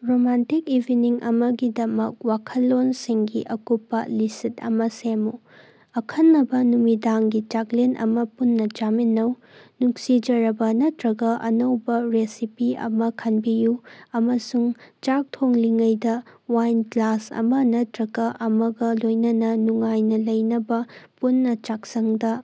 Romantic evening ꯑꯃꯒꯤꯗꯃꯛ ꯋꯥꯈꯜꯂꯣꯟꯁꯤꯡꯒꯤ ꯑꯀꯨꯞꯄ list ꯑꯃꯥ ꯁꯦꯝꯃꯨ꯫ ꯑꯈꯟꯅꯕ ꯅꯨꯃꯤꯗꯥꯡꯒꯤ ꯆꯥꯛꯂꯦꯟ ꯑꯃꯥ ꯄꯨꯟꯅ ꯆꯥꯃꯤꯟꯅꯧ: ꯅꯨꯡꯁꯤꯖꯔꯕ ꯅꯠꯇꯔꯒ ꯑꯅꯧꯕ ꯔꯦꯁꯤꯄꯤ ꯑꯃꯥ ꯈꯟꯕꯤꯌꯨ ꯑꯃꯁꯨꯡ ꯆꯥꯛ ꯊꯣꯡꯂꯤꯉꯩꯗ ꯋꯥꯏꯟ ꯒ꯭ꯂꯥꯁ ꯑꯃꯥ ꯅꯠꯇꯔꯒ ꯑꯃꯒ ꯂꯣꯏꯅꯅ ꯅꯨꯡꯉꯥꯏꯅ ꯂꯩꯅꯕ ꯄꯨꯟꯅꯥ ꯆꯥꯛꯁꯪꯗ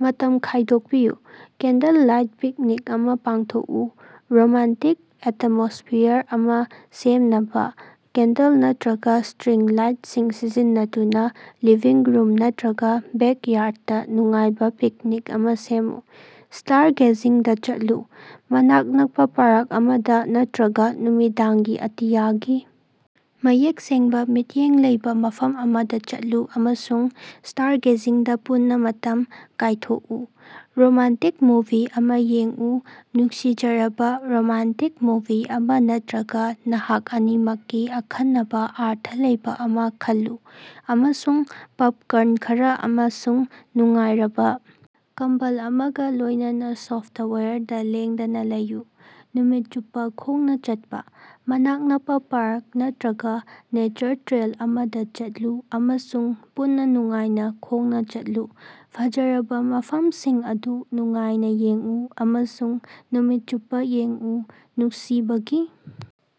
ꯃꯇꯝ ꯀꯥꯏꯊꯣꯛꯄꯤꯌꯨ꯫ ꯀꯦꯟꯗꯜ ꯂꯥꯏꯠ ꯄꯤꯛꯅꯤꯛ ꯑꯃꯥ ꯄꯥꯡꯊꯣꯛꯎ: ꯔꯣꯃꯥꯟꯇꯤꯛ ꯑꯦꯇꯃꯣꯁ꯭ꯐꯤꯌꯥꯔ ꯑꯃꯥ ꯁꯦꯝꯅꯕ ꯀꯦꯟꯗꯜ ꯅꯠꯇꯔꯒ ꯁ꯭ꯇꯔꯤꯡ ꯂꯥꯏꯠꯁꯤꯡ ꯁꯤꯖꯤꯟꯅꯗꯨꯅ ꯂꯤꯚꯤꯡ ꯔꯨꯝ ꯅꯠꯇꯔꯒ ꯕꯦꯛꯌꯥꯔꯗꯇ ꯅꯨꯡꯉꯥꯏꯕ ꯄꯤꯛꯅꯤꯛ ꯑꯃꯥ ꯁꯦꯝꯃꯨ꯫ ꯁ꯭ꯇꯥꯔꯒꯦꯖꯤꯡꯗꯥ ꯆꯠꯂꯨ: ꯃꯅꯥꯛ ꯅꯛꯄ ꯄꯥꯔꯛ ꯑꯃꯗ ꯅꯠꯇꯔꯒ ꯅꯨꯃꯤꯗꯥꯡꯒꯤ ꯑꯇꯤꯌꯥꯒꯤ ꯃꯌꯦꯛ ꯁꯦꯡꯕ ꯃꯤꯠꯌꯦꯡ ꯂꯩꯕ ꯃꯐꯝ ꯑꯃꯗ ꯆꯠꯂꯨ ꯑꯃꯁꯨꯡ ꯁ꯭ꯇꯥꯔꯒꯦꯖꯤꯡꯗ ꯄꯨꯟꯅ ꯃꯇꯝ ꯀꯥꯏꯊꯣꯛꯎ꯫ ꯔꯣꯃꯥꯟꯇꯤꯛ ꯃꯨꯚꯤ ꯑꯃꯥ ꯌꯦꯡꯎ: ꯅꯨꯡꯁꯤꯖꯔꯕ ꯔꯣꯃꯥꯟꯇꯤꯛ ꯃꯨꯚꯤ ꯑꯃꯥ ꯅꯠꯇꯔꯒ ꯅꯍꯥꯛ ꯑꯅꯤꯃꯛꯀꯤ ꯑꯈꯟꯅꯕ ꯑꯔꯊ ꯂꯩꯕ ꯑꯃꯥ ꯈꯜꯂꯨ, ꯑꯃꯁꯨꯡ ꯄꯣꯞꯀ꯭ꯔꯟ ꯈꯔ ꯑꯃꯁꯨꯡ ꯅꯨꯡꯉꯥꯏꯔꯕ ꯀꯝꯕꯜ ꯑꯃꯒ ꯂꯣꯏꯅꯅ ꯁꯣꯐ꯭ꯇꯋꯥꯌꯔꯗ ꯂꯦꯡꯗꯅ ꯂꯩꯌꯨ꯫ ꯅꯨꯃꯤꯠ ꯆꯨꯞꯄ ꯈꯣꯡꯅ ꯆꯠꯄꯥ: ꯃꯅꯥꯛ ꯅꯛꯄ ꯄꯥꯔꯛ ꯅꯠꯇꯔꯒ ꯅꯦꯆꯔ ꯇ꯭ꯔꯦꯜ ꯑꯃꯗ ꯆꯠꯂꯨ ꯑꯃꯁꯨꯡ ꯄꯨꯟꯅ ꯅꯨꯡꯉꯥꯏꯅ ꯈꯣꯡꯅ ꯆꯠꯂꯨ, ꯐꯖꯔꯕ ꯃꯐꯝꯁꯤꯡ ꯑꯗꯨ ꯅꯨꯡꯉꯥꯏꯅ ꯌꯦꯡꯎ ꯑꯃꯁꯨꯡ ꯅꯨꯃꯤꯠ ꯆꯨꯞꯄ ꯌꯦꯡꯎ꯫ ꯅꯨꯡꯁꯤꯕꯒꯤ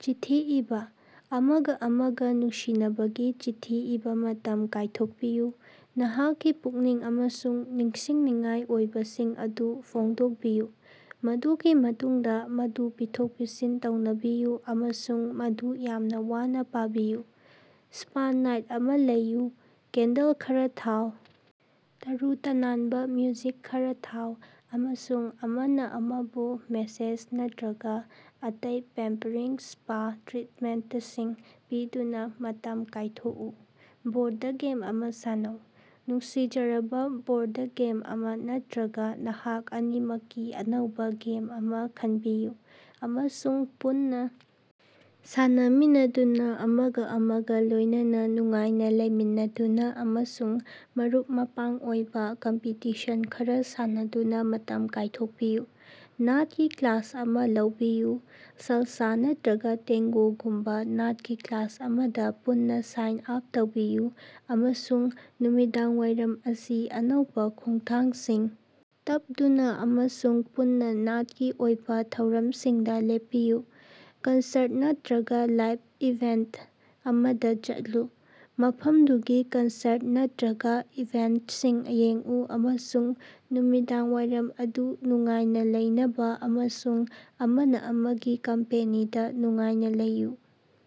ꯆꯤꯊꯤ ꯏꯕꯥ: ꯑꯃꯒ ꯑꯃꯒ ꯅꯨꯡꯁꯤꯅꯕꯒꯤ ꯆꯤꯊꯤ ꯏꯕ ꯃꯇꯝ ꯀꯥꯏꯊꯣꯛꯄꯤꯌꯨ, ꯅꯍꯥꯛꯀꯤ ꯄꯨꯛꯅꯤꯡ ꯑꯃꯁꯨꯡ ꯅꯤꯡꯁꯤꯡꯅꯤꯡꯉꯥꯏ ꯑꯣꯏꯕꯁꯤꯡ ꯑꯗꯨ ꯐꯣꯡꯗꯣꯛꯄꯤꯌꯨ, ꯃꯗꯨꯒꯤ ꯃꯇꯨꯡꯗ ꯃꯗꯨ ꯄꯤꯊꯣꯛ-ꯄꯤꯁꯤꯟ ꯇꯧꯅꯕꯤꯌꯨ ꯑꯃꯁꯨꯡ ꯃꯗꯨ ꯌꯥꯝꯅ ꯋꯥꯅ ꯄꯥꯕꯤꯌꯨ꯫ ꯁ꯭ꯄꯥ ꯅꯥꯏꯠ ꯑꯃ ꯂꯩꯌꯨ: ꯀꯦꯟꯗꯜ ꯈꯔꯥ ꯊꯥꯎ, ꯇꯔꯨ-ꯇꯅꯥꯟꯕ ꯃ꯭ꯌꯨꯖꯤꯛ ꯈꯔ ꯊꯥꯎ, ꯑꯃꯁꯨꯡ ꯑꯃꯅ ꯑꯃꯕꯨ ꯃꯦꯁꯦꯖ ꯅꯠꯇꯔꯒ ꯑꯇꯩ ꯄꯦꯝꯄꯔꯤꯡ ꯁ꯭ꯄꯥ ꯇ꯭ꯔꯤꯠꯃꯦꯟꯠꯁꯤꯡ ꯄꯤꯗꯨꯅ ꯃꯇꯝ ꯀꯥꯏꯊꯣꯛꯎ꯫ ꯕꯣꯔꯗ ꯒꯦꯝ ꯑꯃꯥ ꯁꯥꯟꯅꯧ: ꯅꯨꯡꯁꯤꯖꯔꯕ ꯕꯣꯔꯗ ꯒꯦꯝ ꯑꯃꯥ ꯅꯠꯇꯔꯒ ꯅꯍꯥꯛ ꯑꯅꯤꯃꯛꯀꯤ ꯑꯅꯧꯕ ꯒꯦꯝ ꯑꯃ ꯈꯟꯕꯤꯌꯨ, ꯑꯃꯁꯨꯡ ꯄꯨꯟꯅ ꯁꯥꯟꯅꯃꯤꯟꯅꯗꯨꯅ, ꯑꯃꯒ ꯑꯃꯒ ꯂꯣꯏꯅꯅ ꯅꯨꯡꯉꯥꯏꯅ ꯂꯩꯃꯤꯟꯅꯗꯨꯅ ꯑꯃꯁꯨꯡ ꯃꯔꯨꯞ-ꯃꯄꯥꯡ ꯑꯣꯏꯕ ꯀꯝꯄꯤꯇꯤꯁꯟ ꯈꯔ ꯁꯥꯟꯅꯗꯨꯅ ꯃꯇꯝ ꯀꯥꯏꯊꯣꯛꯄꯤꯌꯨ꯫ ꯅꯥꯠꯀꯤ ꯀ꯭ꯂꯥꯁ ꯑꯃꯥ ꯂꯧꯕꯤꯌꯨ: ꯁꯥꯜꯁꯥ ꯅꯠꯇꯔꯒ ꯇꯦꯡꯒꯣꯒꯨꯝꯕ ꯅꯥꯠꯀꯤ ꯀ꯭ꯂꯥꯁ ꯑꯃꯗ ꯄꯨꯟꯅ ꯁꯥꯏꯟ ꯑꯥꯞ ꯇꯧꯕꯤꯌꯨ ꯑꯃꯁꯨꯡ ꯅꯨꯃꯤꯗꯥꯡꯋꯥꯏꯔꯝ ꯑꯁꯤ ꯑꯅꯧꯕ ꯈꯣꯡꯊꯥꯡꯁꯤꯡ ꯇꯞꯗꯨꯅ ꯑꯃꯁꯨꯡ ꯄꯨꯟꯅ ꯅꯥꯠꯀꯤ ꯑꯣꯏꯕ ꯊꯧꯔꯝꯁꯤꯡꯗ ꯂꯦꯞꯄꯤꯌꯨ꯫ ꯀꯟꯁꯔꯠ ꯅꯠꯇꯔꯒ ꯂꯥꯏꯞ ꯏꯚꯦꯟꯠ ꯑꯃꯗ ꯆꯠꯂꯨ: ꯃꯐꯝꯗꯨꯒꯤ ꯀꯟꯁꯔꯠ ꯅꯠꯇꯔꯒ ꯏꯚꯦꯟꯠꯁꯤꯡ ꯌꯦꯡꯎ ꯑꯃꯁꯨꯡ ꯅꯨꯃꯤꯗꯥꯡꯋꯥꯏꯔꯝ ꯑꯗꯨ ꯅꯨꯡꯉꯥꯏꯅ ꯂꯩꯅꯕ ꯑꯃꯁꯨꯡ ꯑꯃꯅ ꯑꯃꯒꯤ ꯀꯝꯄꯦꯅꯤꯗꯥ ꯅꯨꯡꯉꯥꯏꯅꯥ ꯂꯩꯌꯨ꯫